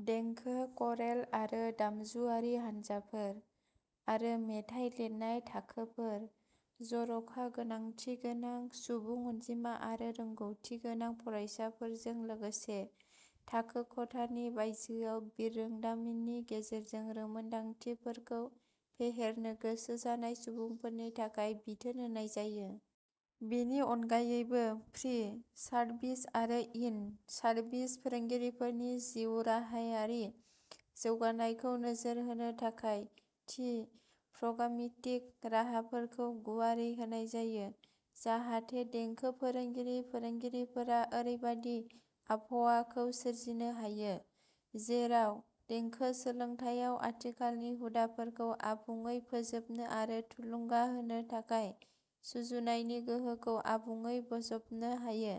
देंखो, क'रेल आरो दामजुआरि हानजाफोर, आरो मेथाइ लिरनाय थाखोफोर। जर'खा गोनांथि गोनां सुबुं अनजिमा आरो रोंग'थि गोनां फरायसाफोरजों लोगोसे थाखो खथानि बायजोआव बिरोंदामिननि गेजेरजों रोंमोनदांथिफोरखौ फेहेरनो गोसो जानाय सुबुंफोरनि थाखाय बिथोन होनाय जायो। बेनि अनगायैबो, प्रि-सार्भिस आरो इन-सार्भिस फोरोंगिरिफोरनि जिउराहायारि जौगानायखौ नोजोर होनो थाखाय थि प्रग्रामेटिक राहाफोरखौ गुवारै होनाय जायो जाहाथे देंखो फोरोंगिरि-फोरोंगिरिफोरा ओरैबायदि आबहावाखौ सोरजिनो हायो जेराव देंखो सोलोंथायाव आथिखालनि हुदाफोरखौ आबुंयै बोजबनो आरो थुलुंगा होनो थाखाय सुजुनायनि गोहोखौ आबुङै बोजबनो हायो।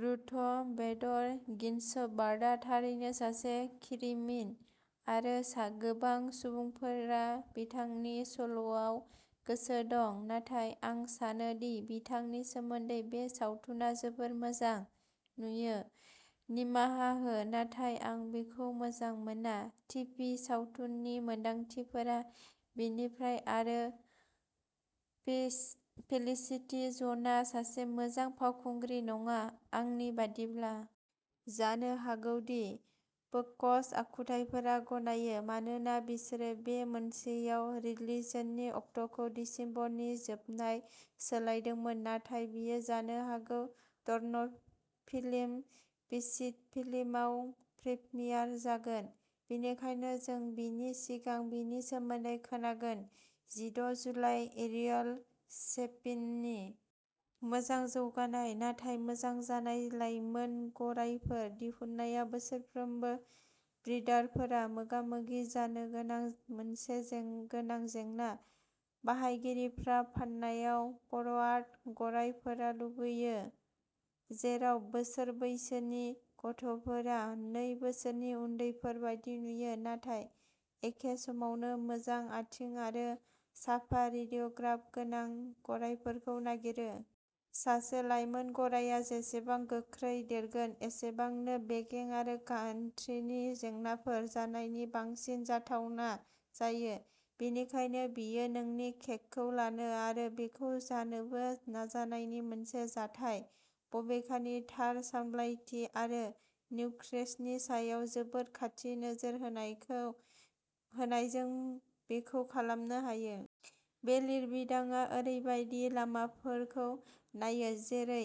रुथ बेडर गिन्सबार्गआ थारैनो सासे खिरिमिन, आरो गोबां सुबुंफोरा बिथांनि सल'आव गोसो दं, नाथाय आं सानो दि बिथांनि सोमोन्दै बे सावथुना जोबोद मोजां नुयो। निमाहा हो, नाथाय आं बेखौ मोजां मोना, टिभि सावथुननि मोनदांथिफोरा बेनिफ्राय आरो फे फेलिसिटी जन्सआ सासे मोजां फावखुंग्रि नङा, आंनि बायदिब्ला। जानो हागौ दि फोकस आखुथायफोरा गनायो, मानोना बिसोरो बे मोनसेयाव रिलिजनि अक्ट'खौ दिसेम्बरनि जोबनाय सोलायदोंमोन, नाथाय बियो जानो हागौ टरन्ट'फिल्म फेसिकफिल्मआव प्रीमियार जागोन, बेनिखायनो जों बेनि सिगां बेनि सोमोन्दै खोनागोन। जिद' जुलाइ, एरियल शेभि'ननि। मोजां जौगानाय नाथाय मोजां जानाय लायमोन गरायफोर दिहुननाया बोसोरफ्रोमबो ब्रिडारफोरा मोगा-मोगि जानो गोनां मोनसे जें गोनां जेंना। बाहायगिरिफोरा फान्नायाव फरवार्ड गरायफोरा लुबैयो, जेराव बोसोर बैसोनि गथ'फोरा नै बोसोरनि उन्दैफोर बायदि नुयो नाथाय एखे समावनो मोजां आथिं आरो साफा रेडिय'ग्राफ गोनां गरायफोरखौ नागिरो। सासे लायमोन गरायआ जेसेबां गोख्रै देरगोन, एसेबांनो बेगें आरो गान्थिनि जेंनाफोर जानायनि बांसिन जाथावना जायो, बेनिखायनो बेयो नोंनि केकखौ लानो आरो बेखौ जानोबो नाजानायनि मोनसे जाथाय। बबेखानि, थार सामलायथि आरो निउत्रिसननि सायाव जोबोद खाथि नोजोर होनायखौ होनायजों बेखौ खालामनो हायो। बे लिरबिदांआ ओरैबायदि लामाफोरखौ नायो जेरै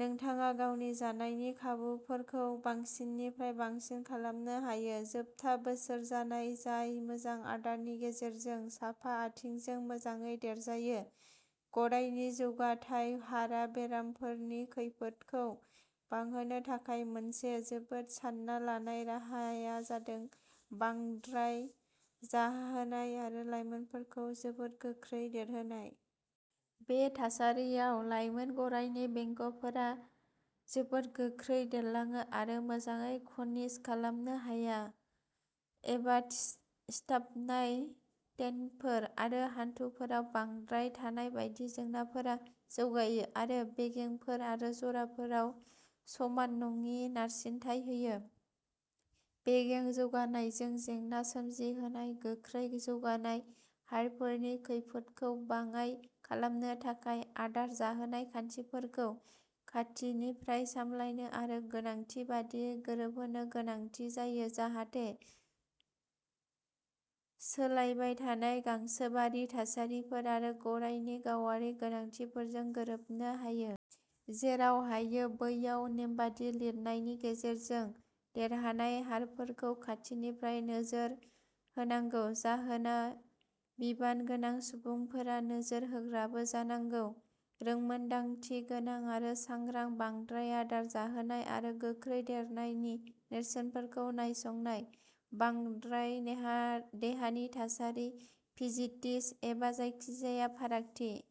नोंथाङा गावनि जानायनि खाबुफोरखौ बांसिननिफ्राय बांसिन खालामनो हायो। जोबथा बोसोर जानाय जाय मोजां आदारनि गेजेरजों साफा आथिंजों मोजाङै देरजायो। गरायनि जौगाथाय हारा बेरामफोरनि खैफोदखौ बांहोनो थाखाय मोनसे जोबोद सान्ना लानाय राहाया जादों बांद्राय जाहोनाय आरो लाइमोनफोरखौ जोबोद गोख्रै देरहोनाय। बे थासारियाव लाइमोन गरायनि बेंगफोरा जोबोद गोख्रै देरलाङो आरो मोजाङै खनिज खालामनो हाया, एबा सिथाबनाय टेन्डनफोर आरो हान्थुफोराव बांद्राय थानाय बायदि जेंनाफोरा जौगायो आरो बेगेंफोर आरो जराफोराव समान नङि नारसिनथाय होयो। बेगें जौगानायजों जेंना सोमजिहोनाय गोख्रै जौगानाय हारफोरनि खैफोदखौ बाङाइ खालामनो थाखाय, आदार जाहोनाय खान्थिफोरखौ खाथिनिफ्राय सामलायनो आरो गोनांथि बायदियै गोरोबहोनो गोनांथि जायो जाहाथे सोलायबाय थानाय गांसोबारि थासारिफोर आरो गरायनि गावारि गोनांथिफोरजों गोरोबनो हायो। जेराव हायो बैयाव नेमबादि लिरनायनि गेजेरजों देरहानाय हारफोरखौ खाथिनिफ्राय नोजोर होनांगौ। जाहोना बिबान गोनां सुबुंफोरा नोजोर होग्राबो जानांगौ, रोंमोनदांथि गोनां आरो सांग्रा, बांद्राय आदार जाहोनाय आरो गोख्रै देरनायनि नेरसोनफोरखौ नायसंनाय, बांद्राय देहा देहानि थासारि, फिजिटिस एबा जायखिजाया फारागथि।